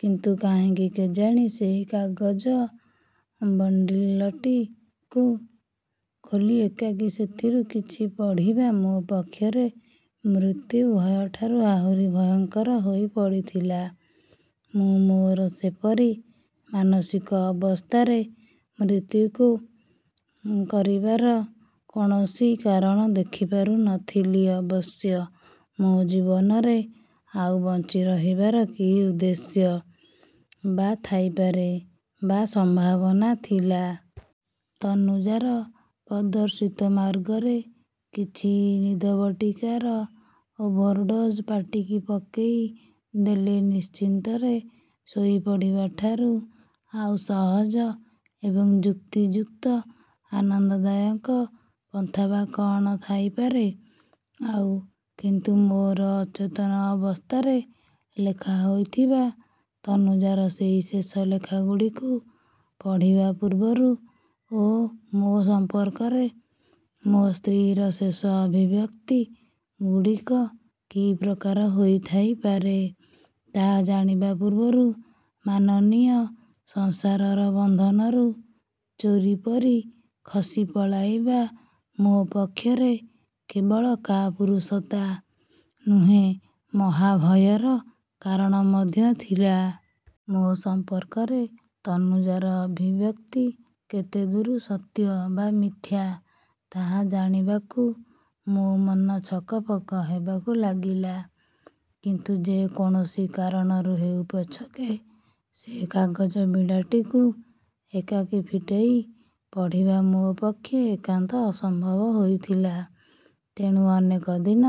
କିନ୍ତୁ କାହିଁକି କେଜାଣି ସେଇ କାଗଜ ବଣ୍ଡିଲଟିକୁ ଖୋଲି ଏକାକୀ ସେଥିରୁ କିଛି ପଢ଼ିବା ମୋ ପକ୍ଷରେ ମୃତ୍ୟୁ ଭୟଠାରୁ ଆହୁରି ଭୟଙ୍କର ହୋଇ ପଡ଼ିଥିଲା। ମୁଁ ମୋର ସେପରି ମାନସିକ ଅବସ୍ଥାରେ ମୃତ୍ୟୁକୁ କରିବାର କୌଣସି କାରଣ ଦେଖିପାରୁ ନ ଥିଲି ଅବଶ୍ୟ। ମୋ ଜୀବନରେ ଆଉ ବଞ୍ଚି ରହିବାର କି ଉଦ୍ଦେଶ୍ୟ ବା ଥାଇପାରେ ବା ସମ୍ଭାବନା ଥିଲା। ତନୁଜାର ପ୍ରଦର୍ଶିତ ମାର୍ଗରେ କିଛି ନିଦ ବଟିକାର ଓଭରଡୋଜ୍ ପାଟିକି ପକେଇଦେଲେ ନିଶ୍ଚିନ୍ତରେ ଶୋଇପଡ଼ିବାଠାରୁ ଆଉ ସହଜ ଏବଂ ଯୁକ୍ତିଯୁକ୍ତ ଆନନ୍ଦ ଦାୟକ ପନ୍ଥା ବା କ'ଣ ଥାଇପାରେ ଆଉ। କିନ୍ତୁ ମୋର ଅଚେତନ ଅବସ୍ଥାରେ ଲେଖା ହୋଇଥିବା ତନୁଜାର ସେଇ ଶେଷ ଲେଖା ଗୁଡ଼ିକୁ ପଢ଼ିବା ପୂର୍ବରୁ ଓ ମୋ ସମ୍ପର୍କରେ ମୋ ସ୍ତ୍ରୀର ଶେଷ ଅଭିବ୍ୟକ୍ତି ଗୁଡ଼ିକ କି ପ୍ରକାର ହୋଇ ଥାଇପାରେ ତାହା ଜାଣିବା ପୂର୍ବରୁ ମାନନୀୟ ସଂସାରର ବନ୍ଧନରୁ ଚୋରି ପରି ଖସି ପଳାଇବା ମୋ ପକ୍ଷରେ କେବଳ କାପୁରୁଷତା ନୁହେଁ ମହାଭୟର କାରଣ ମଧ୍ୟ ଥିଲା। ମୋ ସମ୍ପର୍କରେ ତନୁଜାର ଅଭିବ୍ୟକ୍ତି କେତେଦୂର ସତ୍ୟ ବା ମିଥ୍ୟା ତାହା ଜାଣିବାକୁ ମୋ ମନ ଛକପକ ହେବାକୁ ଲାଗିଲା। କିନ୍ତୁ ଯେ କୌଣସି କାରଣରୁ ହେଉ ପଛକେ ସେ କାଗଜ ବିଡ଼ାଟିକୁ ଏକାକୀ ଫିଟେଇ ପଢ଼ିବା ମୋ ପକ୍ଷେ ଏକାନ୍ତ ଅସମ୍ଭବ ହୋଇଥିଲା। ତେଣୁ ଅନେକ ଦିନ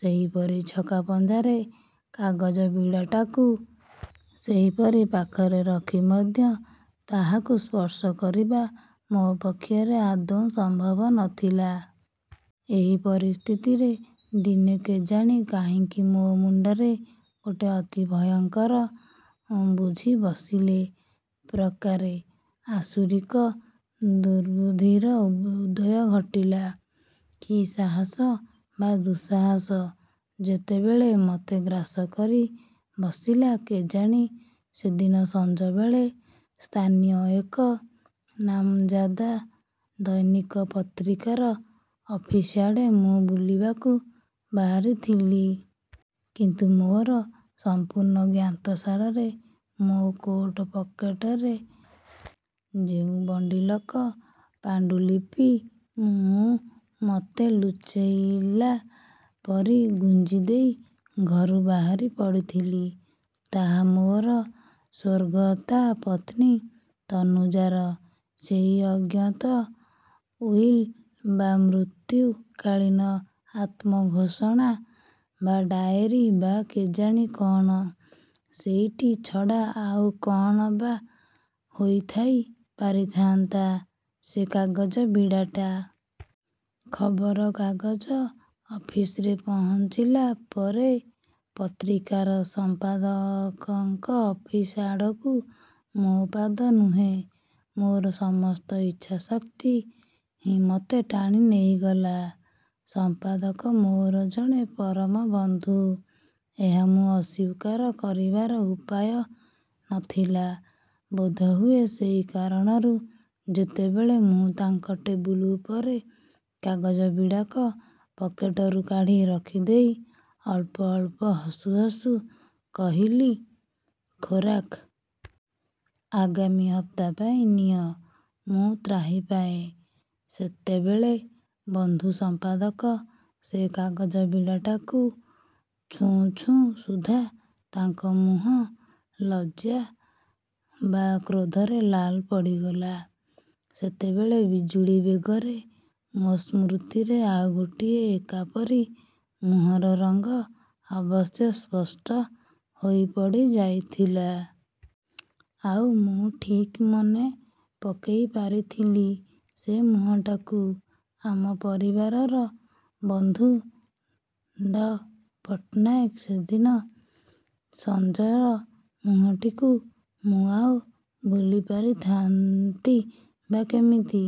ସେହିପରି ଛକା ପଞ୍ଚାରେ କାଗଜ ବିଡ଼ାଟାକୁ ସେହିପରି ପାଖରେ ରଖି ମଧ୍ୟ ତାହାକୁ ସ୍ପର୍ଶ କରିବା ମୋ ପକ୍ଷରେ ଆଦୌ ସମ୍ଭବ ନଥିଲା। ଏହି ପରିସ୍ଥିତିରେ ଦିନେ କେଜାଣି କାହିଁକି ମୋ ମୁଣ୍ଡରେ ଗୋଟିଏ ଅତି ଭୟଙ୍କର, ବୁଝିବସିଲେ ପ୍ରକାରେ ଆସୁରିକ ଦୁର୍ବୁଦ୍ଧିର ଉଦୟ ଘଟିଲା। କି ସାହସ ବା ଦୁଃସାହସ ସେତେବେଳେ ମତେ ଗ୍ରାସ କରି ବସିଲା କେଜାଣି। ସେଦିନ ସଞ୍ଜବେଳେ ସ୍ଥାନୀୟ ଏକ ନାମଜାଦା ଦୈନିକ ପତ୍ରିକାର ଅଫିସ ଆଡ଼େ ମୁଁ ବୁଲିବାକୁ ବାହାରିଥିଲି। କିନ୍ତୁ ମୋର ସମ୍ପୂର୍ଣ୍ଣ ଜ୍ଞାତସାରରେ ମୋ କୋଟ ପକେଟରେ ଯେଉଁ ବଣ୍ଡିଲକ ପାଣ୍ଡୁଲିପି ମୁଁ ମତେ ଲୁଚେଇଲା ପରି ଗୁଞ୍ଜିଦେଇ ଘରୁ ବାହାରି ପଡ଼ିଥିଲି, ତାହା ମୋର ସ୍ଵର୍ଗତା ପତ୍ନୀ ତନୁଜାର ସେଇ ଅଜ୍ଞତ ଉଇଲ୍ ବା ମୃତ୍ୟୁକାଳୀନ ଆତ୍ମଘୋଷଣା ବା ଡାଏରୀ ବା କେଜାଣି କ'ଣ-ସେଇଟି ଛଡ଼ା ଆଉ କ'ଣ ବା ହୋଇଥାଇ ପାରିଥାନ୍ତା ସେ କାଗଜ ବିଡ଼ାଟା। ଖବର କାଗଜ ଅଫିସରେ ପହଞ୍ଚିଲା ପରେ ପତ୍ରିକାର ସମ୍ପାଦକଙ୍କ ଅଫିସ ଆଡ଼କୁ ମୋ ପାଦ ନୁହେଁ ମୋର ସମସ୍ତ ଇଚ୍ଛା ଶକ୍ତି ହିଁ ମତେ ଟାଣି ନେଇଗଲା। ସମ୍ପାଦକ ମୋର ଜଣେ ପରମ ବନ୍ଧୁ-ଏହା ମୁଁ ଅସ୍ଵୀକାର କରିବାର ଉପାୟ ନ ଥିଲା। ବୋଧହୁଏ ସେହି କାରଣରୁ ଯେତେବେଳେ ମୁଁ ତାଙ୍କ ଟେବୁଲ ଉପରେ କାଗଜବିଡ଼ାକ ପକେଟରୁ କାଢ଼ି ରଖିଦେଇ ଅଳ୍ପ ଅଳ୍ପ ହସୁ ହସୁ କହିଲି-ଖୋରାକ! -ଆଗାମୀ ହପ୍ତା ପାଇଁ। ନିଅ। ମୁଁ ତ୍ରାହି ପାଏଁ। ସେତେବେଳେ ବନ୍ଧୁ ସମ୍ପାଦକ ସେ କାଗଜ ବିଡ଼ାଟାକୁ ଛୁଉଁ ଛୁଉଁ ସୁଦ୍ଧା ତାଙ୍କ ମୁହଁ ଲଜ୍ଜା ବା କ୍ରୋଧରେ ଲାଲ ପଡ଼ିଗଲା। ସେତେବେଳେ ବିଜୁଳି ବେଗରେ ମୋ ସ୍ମୃତିରେ ଆଉ ଗୋଟିଏ ଏକାପରି ମୁହଁର ରଙ୍ଗ ଅବଶ୍ୟ ସ୍ପଷ୍ଟ ହୋଇ ପଡ଼ି ଯାଇଥିଲା। ଆଉ, ମୁଁ ଠିକ୍ ମନେ ପକେଇ ପାରିଥିଲି ସେ ମୁହଁଟାକୁ। ଆମ ପରିବାରର ବନ୍ଧୁ ଡଃ ପଟ୍ଟନାୟକଙ୍କ ସେଦିନ ସଞ୍ଜର ମୁହଁଟିକୁ ମୁଁ ଆଉ ଭୁଲିପାରିଥାନ୍ତି ବା କେମିତି?